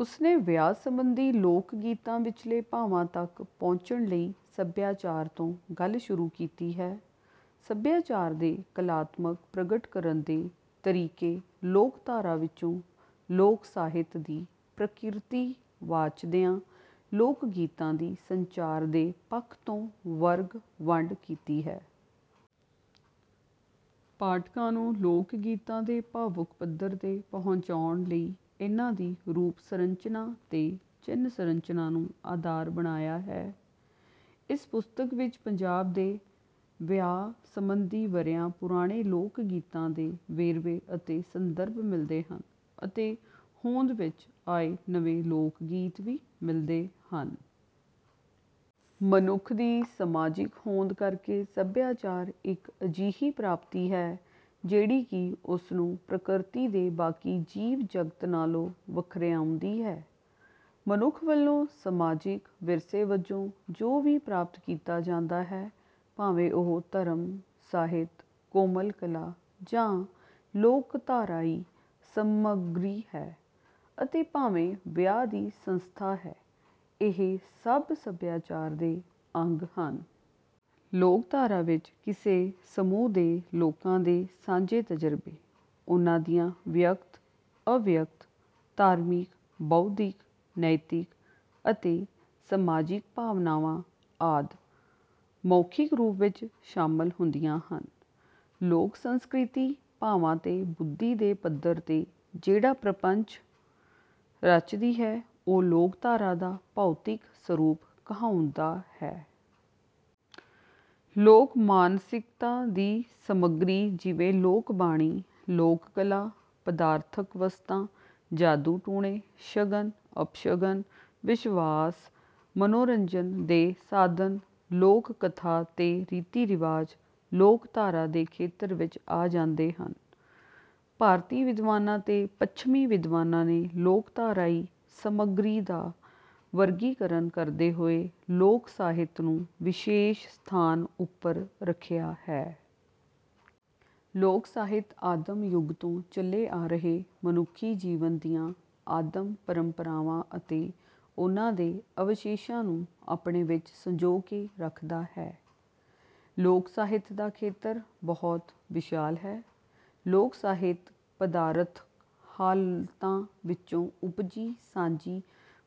ਉਸ ਨੇ ਵਿਆਹ ਸਬੰਧੀ ਲੋਕਗੀਤਾਂ ਵਿਚਲੇ ਭਾਵਾਂ ਤੱਕ ਪਹੁੰਚਣ ਲਈ ਸਭਿਆਚਾਰ ਤੋਂ ਗੱਲ ਸ਼ੁਰੂ ਕੀਤੀ ਹੈ। ਸਭਿਆਚਾਰ ਦੇ ਕਲਾਤਮਕ ਪ੍ਰਗਟ ਕਰਨ ਦੇ ਤਰੀਕੇ ਲੋਕਧਾਰਾ ਵਿੱਚੋਂ ਲੋਕ-ਸਾਹਿਤ ਦੀ ਪ੍ਰਕਿਰਤੀ ਵਾਚਦਿਆਂ ਲੋਕਗੀਤਾਂ ਦੀ ਸੰਚਾਰ ਦੇ ਪੱਖ ਤੋਂ ਵਰਗ-ਵੰਡ ਕੀਤੀ ਹੈ। ਪਾਠਕਾਂ ਨੂੰ ਲੋਕਗੀਤਾਂ ਦੇ ਭਾਵੁਕ ਪੱਧਰ ਤੇ ਪਹੁੰਚਾਉਣ ਲਈ ਇਨ੍ਹਾਂ ਦੀ ਰੂਪ-ਸੰਰਚਨਾ ਤੇ ਚਿੰਨ੍ਹ-ਸੰਰਚਨਾ ਨੂੰ ਆਧਾਰ ਬਣਾਇਆ ਹੈ। ਇਸ ਪੁਸਤਕ ਵਿੱਚ ਪੰਜਾਬ ਦੇ ਵਿਆਹ-ਆਹ ਸਬੰਧੀ ਵਰ੍ਹਿਆਂ ਪੁਰਾਣੇ ਲੋਕਗੀਤਾਂ ਦੇ ਵੇਰਵੇ ਅਤੇ ਸੰਦਰਭ ਮਿਲਦੇ ਹਨ ਅਤੇ ਹੋਂਦ ਵਿੱਚ ਆਏ ਨਵੇਂ ਲੋਕਗੀਤ ਵੀ ਮਿਲਦੇ ਹਨ। ਮਨੁੱਖ ਦੀ ਸਮਾਜਿਕ ਹੋਂਦ ਕਰਕੇ ਸੱਭਿਆਚਾਰ ਇੱਕ ਅਜਿਹੀ ਪ੍ਰਾਪਤੀ ਹੈ ਜਿਹੜੀ ਕਿ ਉਸ ਨੂੰ ਪ੍ਰਕਿਰਤੀ ਦੇ ਬਾਕੀ ਜੀਵ-ਜਗਤ ਨਾਲੋਂ ਵੱਖਰਿਆਉਂਦੀ ਹੈ। ਮਨੁੱਖ ਵੱਲੋਂ ਸਮਾਜਿਕ ਵਿਰਸੇ ਵਜੋਂ ਜੋ ਵੀ ਪ੍ਰਾਪਤ ਕੀਤਾ ਜਾਂਦਾ ਹੈ, ਭਾਵੇਂ ਉਹ ਧਰਮ, ਸਾਹਿਤ, ਕੋਮਲ ਕਲਾ ਜਾਂ ਲੋਕਧਾਰਾਈ ਸਮੱਗਰੀ ਹੈ ਅਤੇ ਭਾਵੇਂ ਵਿਆਹ ਦੀ ਸੰਸਥਾ ਹੈ, ਇਹ ਸਭ ਸੱਭਿਆਚਾਰ ਦੇ ਅੰਗ ਹਨ। ਲੋਕਧਾਰਾ ਵਿੱਚ ਕਿਸੇ ਸਮੂਹ ਦੇ ਲੋਕਾਂ ਦੇ ਸਾਂਝੇ ਤਜਰਬੇ, ਉਨ੍ਹਾਂ ਦੀਆਂ ਵਿਅਕਤ, ਅਵਿਅਕਤ, ਧਾਰਮਿਕ, ਬੌਧਿਕ, ਨੈਤਿਕ ਅਤੇ ਸਮਾਜਿਕ ਭਾਵਨਾਵਾਂ ਆਦਿ ਮੌਖਿਕ ਰੂਪ ਵਿੱਚ ਸ਼ਾਮਲ ਹੁੰਦੀਆਂ ਹਨ। ਲੋਕ-ਸੰਸਕ੍ਰਿਤੀ ਭਾਵਾਂ ਤੇ ਬੁੱਧੀ ਦੇ ਪੱਧਰ ਦੇ ਜਿਹੜਾ ਪ੍ਰਪੰਚ ਰਚਦੀ ਹੈ, ਉਹ ਲੋਕਧਾਰਾ ਦਾ ਭੌਤਿਕ ਸਰੂਪ ਕਹਾਉਂਦਾ ਹੈ। ਲੋਕ-ਮਾਨਸਿਕਤਾ ਦੀ ਸਮੱਗਰੀ ਜਿਵੇਂ ਲੋਕ-ਬਾਣੀ, ਲੋਕ-ਕਲਾ, ਪਦਾਰਥਕ ਵਸਤਾਂ, ਜਾਦੂ-ਟੂਣੇ, ਸ਼ਗਨ, ਅਪਸ਼ਗਨ, ਵਿਸ਼ਵਾਸ, ਮਨੋਰੰਜਨ ਦੇ ਸਾਧਨ, ਲੋਕ-ਕਥਾ ਤੇ ਰੀਤੀ-ਰਿਵਾਜ ਲੋਕਧਾਰਾ ਦੇ ਖੇਤਰ ਵਿੱਚ ਆ ਜਾਂਦੇ ਹਨ। ਭਾਰਤੀ ਵਿਦਵਾਨਾਂ ਤੇ ਪੱਛਮੀ ਵਿਦਵਾਨਾਂ ਨੇ ਲੋਕਧਾਰਾਈ ਸਮੱਗਰੀ ਦਾ ਵਰਗੀਕਰਨ ਕਰਦੇ ਹੋਏ ਲੋਕ-ਸਾਹਿਤ ਨੂੰ ਵਿਸ਼ੇਸ਼ ਸਥਾਨ ਉੱਪਰ ਰੱਖਿਆ ਹੈ। ਲੋਕ-ਸਾਹਿਤ ਆਦਿਮ ਯੁੱਗ ਤੋਂ ਚਲੇ ਆ ਰਹੇ ਮਨੁੱਖੀ ਜੀਵਨ ਦੀਆਂ ਆਦਿਮ ਪਰੰਪਰਾਵਾਂ ਅਤੇ ਉਨ੍ਹਾਂ ਦੇ ਅਵਸ਼ੇਸ਼ਾਂ ਨੂੰ ਆਪਣੇ ਵਿੱਚ ਸੰਜੋ ਕੇ ਰੱਖਦਾ ਹੈ। ਲੋਕ-ਸਾਹਿਤ ਦਾ ਖੇਤਰ ਬਹੁਤ ਵਿਸ਼ਾਲ ਹੈ। ਲੋਕ-ਸਾਹਿਤ ਪਦਾਰਥਕ ਹਾਲਤਾਂ ਵਿੱਚੋਂ ਉਪਜੀ ਸਾਂਝੀ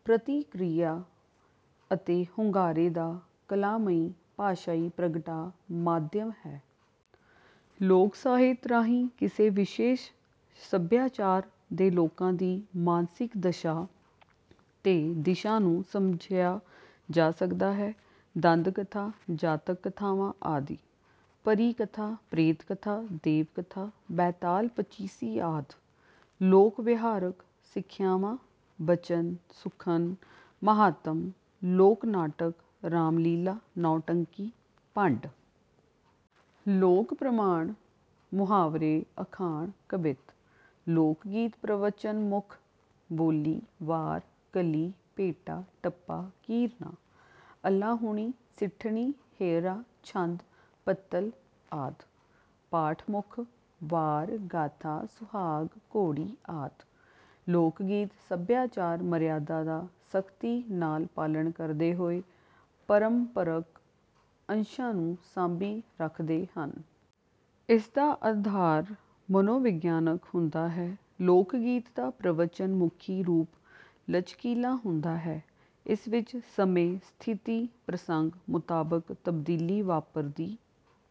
ਪ੍ਰਤੀਕਿਰਿਆ ਅਤੇ ਹੁੰਗਾਰੇ ਦਾ ਕਲਾਮਈ ਭਾਸ਼ਾਈ ਪ੍ਰਗਟਾਅ-ਮਾਧਿਅਮ ਹੈ। ਲੋਕ-ਸਾਹਿਤ ਰਾਹੀਂ ਕਿਸੇ ਵਿਸ਼ੇਸ਼ ਸੱਭਿਆਚਾਰ ਦੇ ਲੋਕਾਂ ਦੀ ਮਾਨਸਿਕ ਦਸ਼ਾ ਤੇ ਦਿਸ਼ਾ ਨੂੰ ਸਮਝਿਆ ਜਾ ਸਕਦਾ ਹੈ। ਦੰਦ-ਕਥਾ, ਜਾਤਕ-ਕਥਾਵਾਂ ਆਦਿ। ਪਰੀ-ਕਥਾ, ਪ੍ਰੇਤ-ਕਥਾ, ਦੇਵ-ਕਥਾ, ਬੈਤਾਲ ਪਚੀਸੀ ਆਦਿ। ਲੋਕ-ਵਿਹਾਰਕ ਸਿਖਿਆਵਾਂ: ਬਚਨ, ਸੁਖਨ, ਮਹਾਤਮ। ਲੋਕ-ਨਾਟਕ: ਰਾਮ-ਲੀਲਾ, ਨੌਟੰਕੀ, ਭੰਡ। ਲੋਕ-ਪ੍ਰਮਾਣ: ਮੁਹਾਵਰੇ, ਅਖਾਣ, ਕਬਿੱਤ। ਲੋਕਗੀਤ-ਪ੍ਰਵਚਨ-ਮੁੱਖ: ਬੋਲੀ, ਵਾਰ, ਕਲੀ, ਭੇਟਾ, ਟੱਪਾ, ਕੀਰਨਾ, ਅਲਾਹੁਣੀ, ਸਿੱਠਣੀ, ਹੇਅਰਾ, ਛੰਦ, ਪੱਤਲ ਆਦਿ। ਪਾਠ-ਮੁੱਖ: ਵਾਰ, ਗਾਥਾ, ਸੁਹਾਗ, ਘੋੜੀ ਆਦਿ। ਲੋਕਗੀਤ ਸੱਭਿਆਚਾਰ-ਮਰਿਆਦਾ ਦਾ ਸਖਤੀ ਨਾਲ ਪਾਲਣ ਕਰਦੇ ਹੋਏ ਪਰੰਪਰਕ ਅੰਸ਼ਾਂ ਨੂੰ ਸਾਂਭੀ ਰੱਖਦੇ ਹਨ। ਇਸ ਦਾ ਆਧਾਰ ਮਨੋਵਿਗਿਆਨਕ ਹੁੰਦਾ ਹੈ। ਲੋਕਗੀਤ ਦਾ ਪ੍ਰਵਚਨ-ਮੁਖੀ ਰੂਪ ਲਚਕੀਲਾ ਹੁੰਦਾ ਹੈ। ਇਸ ਵਿੱਚ ਸਮੇਂ, ਸਥਿਤੀ, ਪ੍ਰਸੰਗ ਮੁਤਾਬਕ ਤਬਦੀਲੀ ਵਾਪਰਦੀ